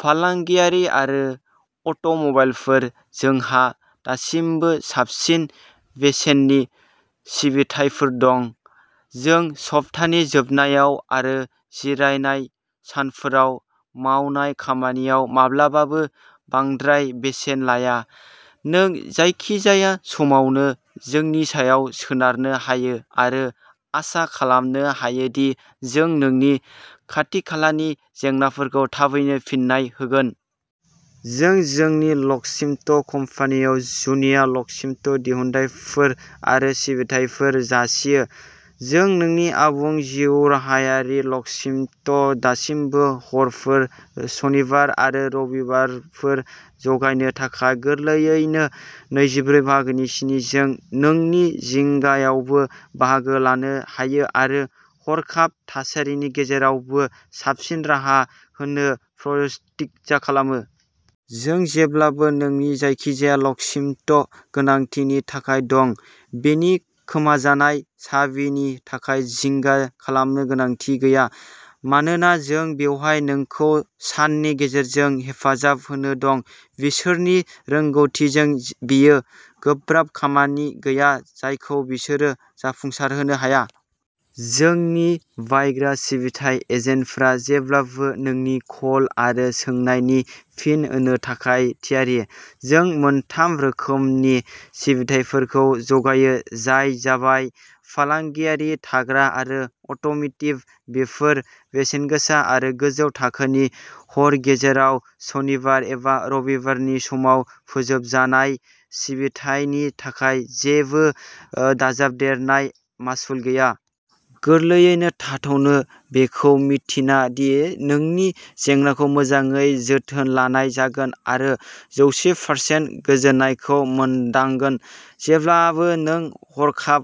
फालांगियारि आरो अट'मबाइलफोर। जोंहा दासिमबो साबसिन बेसेननि सिबिथायफोर दं। जों सप्तानि जोबनायाव आरो जिरायनाय सानफोराव मावनाय खामानियाव माब्लाबाबो बांद्राय बेसेन लाया। नों जायखिजाया समावनो जोंनि सायाव सोनारनो हायो आरो आसा खालामनो हायो दि जों नोंनि आथिखालनि जेंनाखौ थाबैनो फिन्नाय होगोन। जों जोंनि लकस्मिथ कम्पानिआव जुनिया लकस्मिथ दिहुनथायफोर आरो सिबिथाइफोर जासियो। जों नोंनि आबुं जिउराहायारि लकस्मिथ दाबिफोर, हरफोर, सनिबार आरो रबिबारफोर जगायनो थाखाय गोरलैयैनो नैजिब्रै बाहागोनि स्नि जों नोंनि जिंगायावबो बाहागो लानो हायो आरो हरखाब थासारिनि गेजेरावबो साबसिन राहा होनो प्रतिज्ञा खालामो। जों जेब्लाबो नोंनि जायखिजाया लकस्मिथ गोनांथिनि थाखाय दं, नोंनि खोमाजानाय साबिफोरनि थाखाय जिंगा खालामनो गोनांथि गैया मानोना जों बेवहाय नोंखौ साननि गेजेरजों हेफाजाब होनो दं। बिसोरनि रोंग'थिजों, जेबो गोब्राब खामानि गैया जायखौ बिसोरो जाफुंसारहोनो हाया। जोंनि बायग्रा सिबिथाइ एजेन्टफोरा जेब्लाबो नोंनि कल आरो सोंनायनि फिन होनो थाखाय थियारि। जों मोनथाम रोखोमनि सिबिथाइफोरखौ जगायो जाय जाबाय फालांगियारि, थाग्रा आरो अट'म'टिभ। बेफोर बेसेनगोसा आरो गोजौ थाखोनि। हर गेजेराव, सनिबार एबा रबिबारनि समाव फोजोबजानाय सिबिथायनि थाखाय जेबो दाजाबदेरनाय मासुल गैया। गोरलैयै थाथ'नो, बेखौ मिन्थिना दि नोंनि जेंनाखौ मोजाङै जोथोन लानाय जागोन आरो जौसे पारसेन गोजोननायखौ मोनदांगोन। जेब्लानो नों हरखाब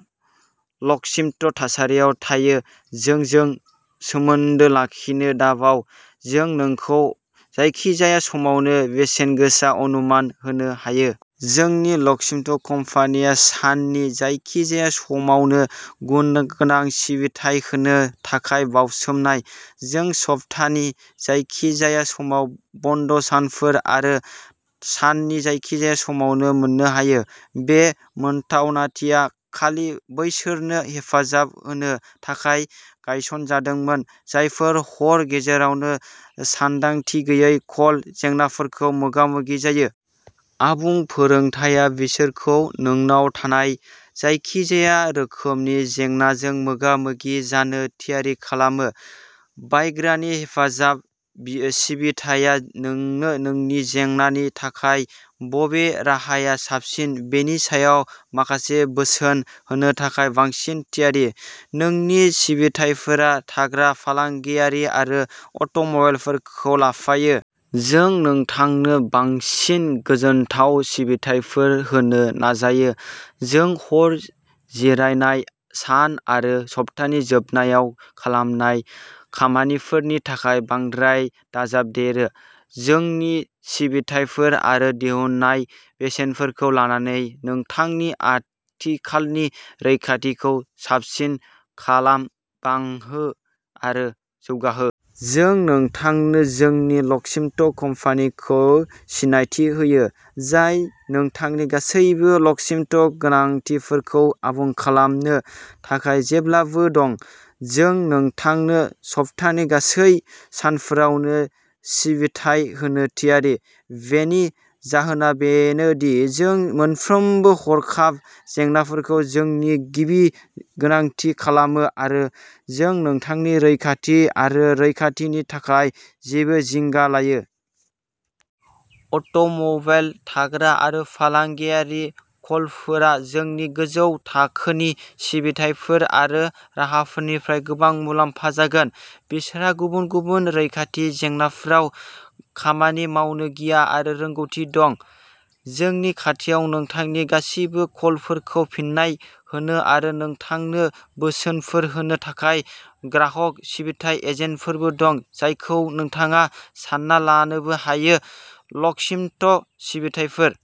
लकस्मिथ थासारियाव थायो, जोंजों सोमोन्दो लाखिनो दाबाव। जों नोंखौ जायखिजाया समावनो बेसेनगोसा अनुमान होनो हायो। जोंनि लकस्मिथ कम्पानिया साननि जायखिजाया समावनो गुनगोनां सिबिथाइ होनो थाखाय बावसोमनाय। जों सप्तानि जायखिजाया सानाव, बन्द'सानफोर आरो साननि जायखिजाया समावनो मोननो हायो। बे मोनथावनाथिया खालि बैसोरनो हेफाजाब होनो थाखाय गायसनजादोंमोन जायफोरा हर गेजेराव सानदांथि गैयै लक जेंनाफोरजों मोगा-मोगि जायो। आबुं फोरोंथाया बिसोरखौ नोंनाव थानाय जायखिजाया रोखोमनि जेंनाजों मोगा-मोगि जानो थियारि खालामो। बायग्रानि हेफाजाब सिबिथाया नोंनो नोंनि जेंनानि थाखाय बबे राहाया साबसिन बेनि सायाव माखासे बोसोन होनो थाखाय बांसिन थियारि। जोंनि सिबिथायफोरा थाग्रा, फालांगियारि आरो अट'मबाइलफोरखौ लाफायो। जों नोंथांनो बांसिन गोजोनथाव सिबिथाइफोर होनो नाजायो। जों हर, जिरायनाय सान आरो सप्तानि जोबनायाव खालामनाय खामानिफोरनि थाखाय बांद्राय दाजाबदेरो। जोंनि सिबिथाइफोर आरो दिहुनजानाय बेसादफोरखौ लानानै नोंथांनि आथिखालनि रैखाथिखौ साबसिन खालाम, बांहो आरो जौगाहो। जों नोंथांनो जोंनि लकस्मिथ कम्पानिखौ सिनायथि होयो, जाय नोंथांनि गासैबो लकस्मिथ गोनांथिफोरखौ आबुं खालामनो थाखाय जेब्लाबो दं। जों नोंथांनो सप्तानि गासै सानफोरावनो सिबिथाइ होनो थियारि। बेनि जाहोना बेनो दि जों मोनफ्रोमबो हरखाब जेंनाफोरखौ जोंनि गिबि गोनांथि खालामो आरो जों नोंथांनि रैखाथि आरो रैखाथिनि थाखाय जोबोद जिंगा लायो। अट'मबाइल, थाग्रा आरो फालांगियारि लकफोरा जोंनि गोजौ थाखोनि सिबिथाइफोर आरो राहाफोरनिफ्राय गोबां मुलाम्फा जागोन। बिसोरहा गुबुन गुबुन रैखाथि जेंनाफोराव खामानि मावनो गियान आरो रोंग'थि दं। जोंनि खाथियाव नोंथांनि गासिबो कलफोरखौ फिन्नाय होनो आरो नोंथांनो बोसोनफोर होनो थाखाय ग्राहक सिबिथाइ एजेन्टफोरबो दं, जायखौ नोंथाङा सानना लानोबो हायो। लकस्मिथ सिबिथाइफोर।